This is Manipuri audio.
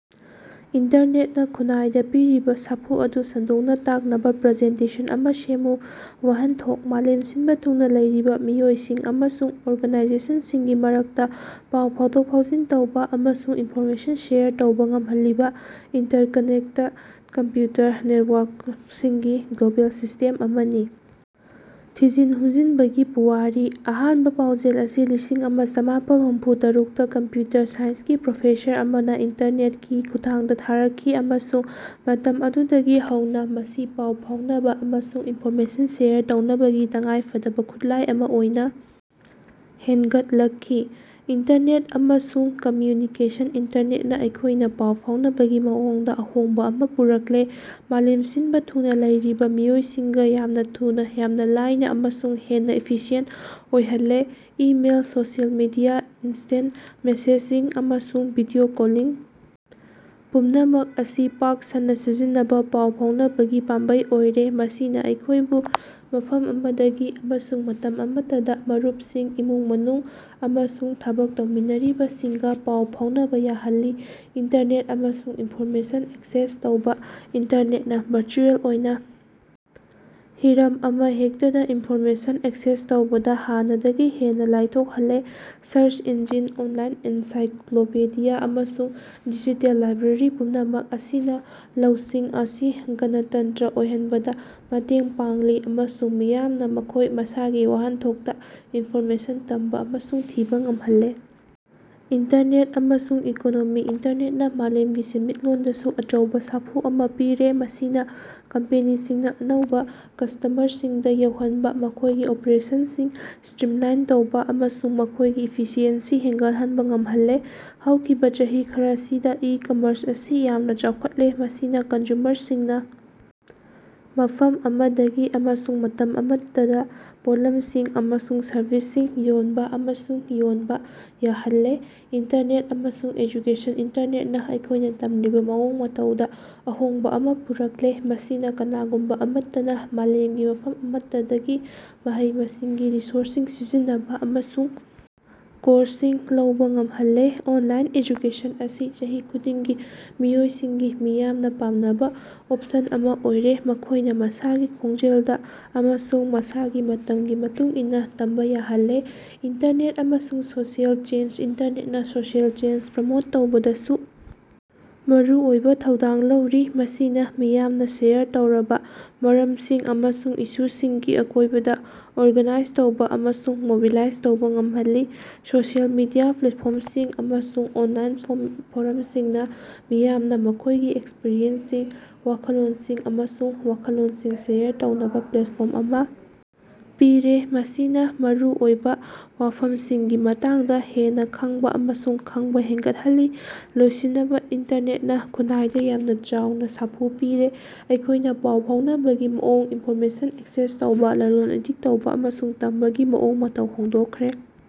ꯏꯟꯇꯔꯅꯦꯇꯅ ꯈꯨꯟꯅꯥꯏꯗ ꯄꯤꯔꯤꯕ ꯁꯥꯐꯨ ꯑꯗꯨ ꯁꯟꯗꯣꯛꯅ ꯇꯥꯛꯅꯕ ꯄ꯭ꯔꯖꯦꯟꯇꯦꯁꯟ ꯑꯃ ꯁꯦꯝꯃꯨ꯫ ꯋꯥꯍꯟꯊꯣꯛ: ꯃꯥꯂꯦꯝ ꯁꯤꯟꯕ ꯊꯨꯡꯅ ꯂꯩꯔꯤꯕ ꯃꯤꯑꯣꯏꯁꯤꯡ ꯑꯃꯁꯨꯡ ꯑꯣꯔꯒꯥꯅꯥꯏꯖꯦꯁꯟꯁꯤꯡꯒꯤ ꯃꯔꯛꯇ ꯄꯥꯎ ꯐꯥꯎꯗꯣꯛ-ꯐꯥꯎꯖꯤꯟ ꯇꯧꯕ ꯑꯃꯁꯨꯡ ꯏꯟꯐꯣꯔꯃꯦꯁꯟ ꯁꯦꯌꯔ ꯇꯧꯕ ꯉꯝꯍꯜꯂꯤꯕ ꯏꯟꯇꯔꯀꯅꯦꯛꯇ ꯀꯝꯄ꯭ꯌꯨꯇꯔ ꯅꯦꯇꯋꯥꯔꯛꯁꯤꯡꯒꯤ ꯒ꯭ꯂꯣꯕꯦꯜ ꯁꯤꯁꯇꯦꯝ ꯑꯃꯅꯤ꯫ ꯊꯤꯖꯤꯟ ꯍꯨꯝꯖꯤꯅꯕꯒꯤ ꯄꯨꯋꯥꯔꯤ: ꯑꯍꯥꯟꯕ ꯄꯥꯎꯖꯦꯜ ꯑꯁꯤ ꯂꯤꯁꯤꯡ ꯑꯃ ꯆꯥꯃꯥꯄꯜ ꯍꯨꯝꯐꯨ ꯇꯔꯨꯛꯗꯥ ꯀꯝꯞꯌꯨꯇꯔ ꯁꯥꯏꯟꯁꯀꯤ ꯄ꯭ꯔꯣꯐꯦꯁꯔ ꯑꯃꯅꯥ ꯏꯟꯇꯔꯅꯦꯠꯀꯤ ꯈꯨꯠꯊꯥꯡꯗꯥ ꯊꯥꯔꯛꯈꯤ, ꯑꯃꯁꯨꯡ ꯃꯇꯝ ꯑꯗꯨꯗꯒꯤ ꯍꯧꯅꯥ ꯃꯁꯤ ꯄꯥꯎ ꯐꯥꯑꯣꯅꯕꯥ ꯑꯃꯁꯨꯡ ꯏꯅꯐꯣꯔꯃꯦꯁꯟ ꯁꯦꯌꯔ ꯇꯧꯅꯕꯒꯤ ꯇꯉꯥꯏꯐꯗꯕꯥ ꯈꯨꯠꯂꯥꯏ ꯑꯃꯥ ꯑꯣꯏꯅꯥ ꯍꯦꯟꯒꯠꯂꯛꯈꯤ꯫ ꯏꯟꯇꯔꯅꯦꯠ ꯑꯃꯁꯨꯡ ꯀꯝꯃ꯭ꯌꯨꯅꯤꯀꯦꯁꯟ ꯏꯟꯇꯔꯅꯦꯠꯅ ꯑꯩꯈꯣꯏꯅ ꯄꯥꯎ ꯐꯥꯎꯅꯕꯒꯤ ꯃꯑꯣꯡꯗ ꯑꯍꯣꯡꯕ ꯑꯃ ꯄꯨꯔꯛꯂꯦ, ꯃꯥꯂꯦꯝ ꯁꯤꯟꯕ ꯊꯨꯡꯅ ꯂꯩꯔꯤꯕ ꯃꯤꯑꯣꯏꯁꯤꯡꯒ ꯌꯥꯝꯅ ꯊꯨꯅ, ꯌꯥꯝꯅ ꯂꯥꯏꯅ ꯑꯃꯁꯨꯡ ꯍꯦꯟꯅ ꯏꯐꯤꯁꯤꯌꯦꯟꯇ ꯑꯣꯏꯍꯜꯂꯦ꯫ Email, social media, instant messaging, ꯑꯃꯁꯨꯡ ꯚꯤꯗꯤꯑꯣ ꯀꯣꯂꯤꯡ ꯄꯨꯝꯅꯃꯛ ꯑꯁꯤ ꯄꯥꯛ ꯁꯟꯅꯥ ꯁꯤꯖꯤꯟꯅꯕꯥ ꯄꯥꯎ ꯐꯥꯎꯅꯕꯒꯤ ꯄꯥꯝꯕꯩ ꯑꯣꯏꯔꯦ, ꯃꯁꯤꯅ ꯑꯩꯈꯣꯏꯕꯨ ꯃꯐꯝ ꯑꯃꯗꯒꯤ ꯑꯃꯁꯨꯡ ꯃꯇꯝ ꯑꯃꯠꯇꯗꯥ ꯃꯔꯨꯄꯁꯤꯡ, ꯏꯃꯨꯡ ꯃꯅꯨꯡ, ꯑꯃꯁꯨꯡ ꯊꯕꯛ ꯇꯧꯃꯤꯟꯅꯔꯤꯕꯁꯤꯡꯒ ꯄꯥꯎ ꯐꯥꯎꯅꯕ ꯌꯥꯍꯜꯂꯤ꯫ ꯏꯟꯇꯔꯅꯦꯠ ꯑꯃꯁꯨꯡ ꯏꯟꯐꯣꯔꯃꯦꯁꯟ ꯑꯦꯛꯁꯦꯁ ꯇꯧꯕ ꯏꯟꯇꯔꯅꯦꯠꯅ ꯚꯔꯆꯨꯑꯦꯜ ꯑꯣꯏꯅ ꯍꯤꯔꯝ ꯑꯃꯍꯦꯛꯇꯗ ꯏꯟꯐꯣꯔꯃꯦꯁꯟ ꯑꯦꯛꯁꯦꯁ ꯇꯧꯕꯗ ꯍꯥꯟꯅꯗꯒꯤ ꯍꯦꯟꯅ ꯂꯥꯏꯊꯣꯛꯍꯜꯂꯦ꯫ ꯁꯔꯆ ꯏꯟꯖꯤꯟ, ꯑꯣꯟꯂꯥꯏꯟ ꯑꯦꯟꯁꯥꯏꯀꯂꯣꯄꯤꯗꯤꯌꯥ, ꯑꯃꯁꯨꯡ ꯗꯤꯖꯤꯇꯦꯜ ꯂꯥꯏꯕ꯭ꯔꯦꯔꯤ ꯄꯨꯝꯅꯃꯛ ꯑꯁꯤꯅ ꯂꯧꯁꯤꯡ ꯑꯁꯤ ꯒꯅꯇꯟꯇꯔ ꯑꯣꯏꯍꯟꯕꯗ ꯃꯇꯦꯡ ꯄꯥꯡꯂꯤ ꯑꯃꯁꯨꯡ ꯃꯤꯌꯥꯝꯅ ꯃꯈꯣꯏ ꯃꯁꯥꯒꯤ ꯋꯥꯍꯟꯊꯣꯛꯇ ꯏꯟꯐꯣꯔꯃꯦꯁꯟ ꯇꯝꯕ ꯑꯃꯁꯨꯡ ꯊꯤꯕ ꯉꯝꯍꯜꯂꯦ꯫ ꯏꯟꯇꯔꯅꯦꯠ ꯑꯃꯁꯨꯡ ꯏꯀꯣꯅꯣꯃꯤ ꯏꯟꯇꯔꯅꯦꯠꯅꯥ ꯃꯥꯂꯦꯝꯒꯤ ꯁꯦꯟꯃꯤꯠꯂꯣꯟꯗꯁꯨ ꯑꯆꯧꯕ ꯁꯥꯐꯨ ꯑꯃ ꯄꯤꯔꯦ, ꯃꯁꯤꯅ ꯀꯝꯄꯦꯅꯤꯁꯤꯡꯅ ꯑꯅꯧꯕ ꯀꯁ꯭ꯇꯃꯔꯁꯤꯡꯗ ꯌꯧꯍꯟꯕ, ꯃꯈꯣꯏꯒꯤ ꯑꯣꯄꯔꯦꯁꯟꯁꯤꯡ ꯁ꯭ꯇꯔꯤꯝꯂꯥꯏꯟ ꯇꯧꯕ, ꯑꯃꯁꯨꯡ ꯃꯈꯣꯏꯒꯤ ꯏꯐꯤꯁꯤꯑꯦꯟꯁꯤ ꯍꯦꯟꯒꯠꯍꯟꯕ ꯉꯝꯍꯜꯂꯦ꯫ ꯍꯧꯈꯤꯕ ꯆꯍꯤ ꯈꯔꯁꯤꯗ ꯏ-ꯀꯝꯃꯔꯁ ꯑꯁꯤ ꯌꯥꯝꯅ ꯆꯥꯎꯈꯠꯂꯦ, ꯃꯁꯤꯅ ꯀꯟꯖꯨꯃꯔꯁꯤꯡꯅꯥ ꯃꯐꯝ ꯑꯃꯗꯒꯤ ꯑꯃꯁꯨꯡ ꯃꯇꯝ ꯑꯃꯠꯇꯗꯥ ꯄꯣꯠꯂꯝꯁꯤꯡ ꯑꯃꯁꯨꯡ ꯁꯔꯕꯤꯁꯁꯤꯡ ꯌꯣꯟꯕ ꯑꯃꯁꯨꯡ ꯌꯣꯟꯕ ꯌꯥꯍꯜꯂꯦ꯫ ꯏꯟꯇꯔꯅꯦꯠ ꯑꯃꯁꯨꯡ ꯑꯦꯖꯨꯀꯦꯁꯟ ꯏꯟꯇꯔꯅꯦꯠꯅꯥ ꯑꯩꯈꯣꯏꯅ ꯇꯝꯂꯤꯕ ꯃꯑꯣꯡ ꯃꯇꯧꯗ ꯑꯍꯣꯡꯕ ꯑꯃ ꯄꯨꯔꯛꯂꯦ, ꯃꯁꯤꯅ ꯀꯅꯥꯒꯨꯝꯕ ꯑꯃꯠꯇꯅ ꯃꯥꯂꯦꯝꯒꯤ ꯃꯐꯝ ꯑꯃꯠꯇꯗꯒꯤ ꯃꯍꯩ-ꯃꯁꯤꯡꯒꯤ ꯔꯤꯁꯣꯔꯁꯁꯤꯡ ꯁꯤꯖꯤꯟꯅꯕ ꯑꯃꯁꯨꯡ ꯀꯣꯔꯁꯁꯤꯡ ꯂꯧꯕꯥ ꯉꯝꯍꯜꯂꯦ꯫ ꯑꯣꯟꯂꯥꯏꯟ ꯑꯦꯖꯨꯀꯦꯁꯟ ꯑꯁꯤ ꯆꯍꯤ ꯈꯨꯗꯤꯡꯒꯤ ꯃꯤꯑꯣꯏꯁꯤꯡꯒꯤ ꯃꯤꯌꯥꯝꯅ ꯄꯥꯝꯅꯕ ꯑꯣꯄꯁꯟ ꯑꯃ ꯑꯣꯏꯔꯦ, ꯃꯈꯣꯏꯅ ꯃꯁꯥꯒꯤ ꯈꯣꯡꯖꯦꯜꯗ ꯑꯃꯁꯨꯡ ꯃꯁꯥꯒꯤ ꯃꯇꯝꯒꯤ ꯃꯇꯨꯡ ꯏꯟꯅ ꯇꯝꯕ ꯌꯥꯍꯜꯂꯦ꯫ ꯏꯟꯇꯔꯅꯦꯠ ꯑꯃꯁꯨꯡ ꯁꯣꯁꯤꯑꯦꯜ ꯆꯦꯟꯖ ꯏꯟꯇꯔꯅꯦꯠꯅꯥ ꯁꯣꯁꯤꯑꯦꯜ ꯆꯦꯟꯖ ꯄ꯭ꯔꯃꯣꯠ ꯇꯧꯕꯗꯁꯨ ꯃꯔꯨꯑꯣꯏꯕ ꯊꯧꯗꯥꯡ ꯂꯧꯔꯤ, ꯃꯁꯤꯅ ꯃꯤꯌꯥꯝꯅ ꯁꯦꯌꯔ ꯇꯧꯔꯕ ꯃꯔꯝꯁꯤꯡ ꯑꯃꯁꯨꯡ ꯏꯁꯨꯁꯤꯡꯒꯤ ꯑꯀꯣꯏꯕꯗ ꯑꯣꯔꯒꯥꯅꯥꯏꯖ ꯇꯧꯕ ꯑꯃꯁꯨꯡ ꯃꯣꯕꯤꯂꯥꯏꯖ ꯇꯧꯕꯥ ꯉꯝꯍꯜꯂꯤ꯫ ꯁꯣꯁꯤꯑꯦꯜ ꯃꯤꯗꯤꯌ ꯄ꯭ꯂꯦꯠꯐꯣꯔꯝꯁꯤꯡ ꯑꯃꯁꯨꯡ ꯑꯣꯟꯂꯥꯏꯟ ꯐꯣꯔꯝꯁꯤꯡꯅ ꯃꯤꯌꯥꯝꯅ ꯃꯈꯣꯏꯒꯤ ꯑꯦꯛꯁꯄꯔꯤꯌꯦꯟꯁꯁꯤꯡ, ꯋꯥꯈꯜꯂꯣꯟꯁꯤꯡ, ꯑꯃꯁꯨꯡ ꯋꯥꯈꯜꯂꯣꯟꯁꯤꯡ ꯁꯦꯌꯔ ꯇꯧꯅꯕꯥ ꯄ꯭ꯂꯦꯠꯐꯣꯔꯝ ꯑꯃ ꯄꯤꯔꯦ, ꯃꯁꯤꯅ ꯃꯔꯨꯑꯣꯏꯕ ꯋꯥꯐꯝꯁꯤꯡꯒꯤ ꯃꯇꯥꯡꯗ ꯍꯦꯟꯅ ꯈꯪꯕ ꯑꯃꯁꯨꯡ ꯈꯪꯕ ꯍꯦꯟꯒꯠꯍꯜꯂꯤ꯫ ꯂꯣꯏꯁꯤꯅꯕ ꯏꯟꯇꯔꯅꯦꯠꯅ ꯈꯨꯟꯅꯥꯏꯗ ꯌꯥꯝꯅ ꯆꯥꯎꯅ ꯁꯥꯐꯨ ꯄꯤꯔꯦ, ꯑꯩꯈꯣꯏꯅ ꯄꯥꯎ ꯐꯥꯎꯅꯕꯒꯤ ꯃꯑꯣꯡ, ꯏꯟꯐꯣꯔꯃꯦꯁꯟ ꯑꯦꯛꯁꯦꯁ ꯇꯧꯕ, ꯂꯂꯣꯟ-ꯏꯇꯤꯛ ꯇꯧꯕ, ꯑꯃꯁꯨꯡ ꯇꯝꯕꯒꯤ ꯃꯑꯣꯡ ꯃꯇꯧ ꯍꯣꯡꯗꯣꯛꯈ꯭ꯔꯦ꯫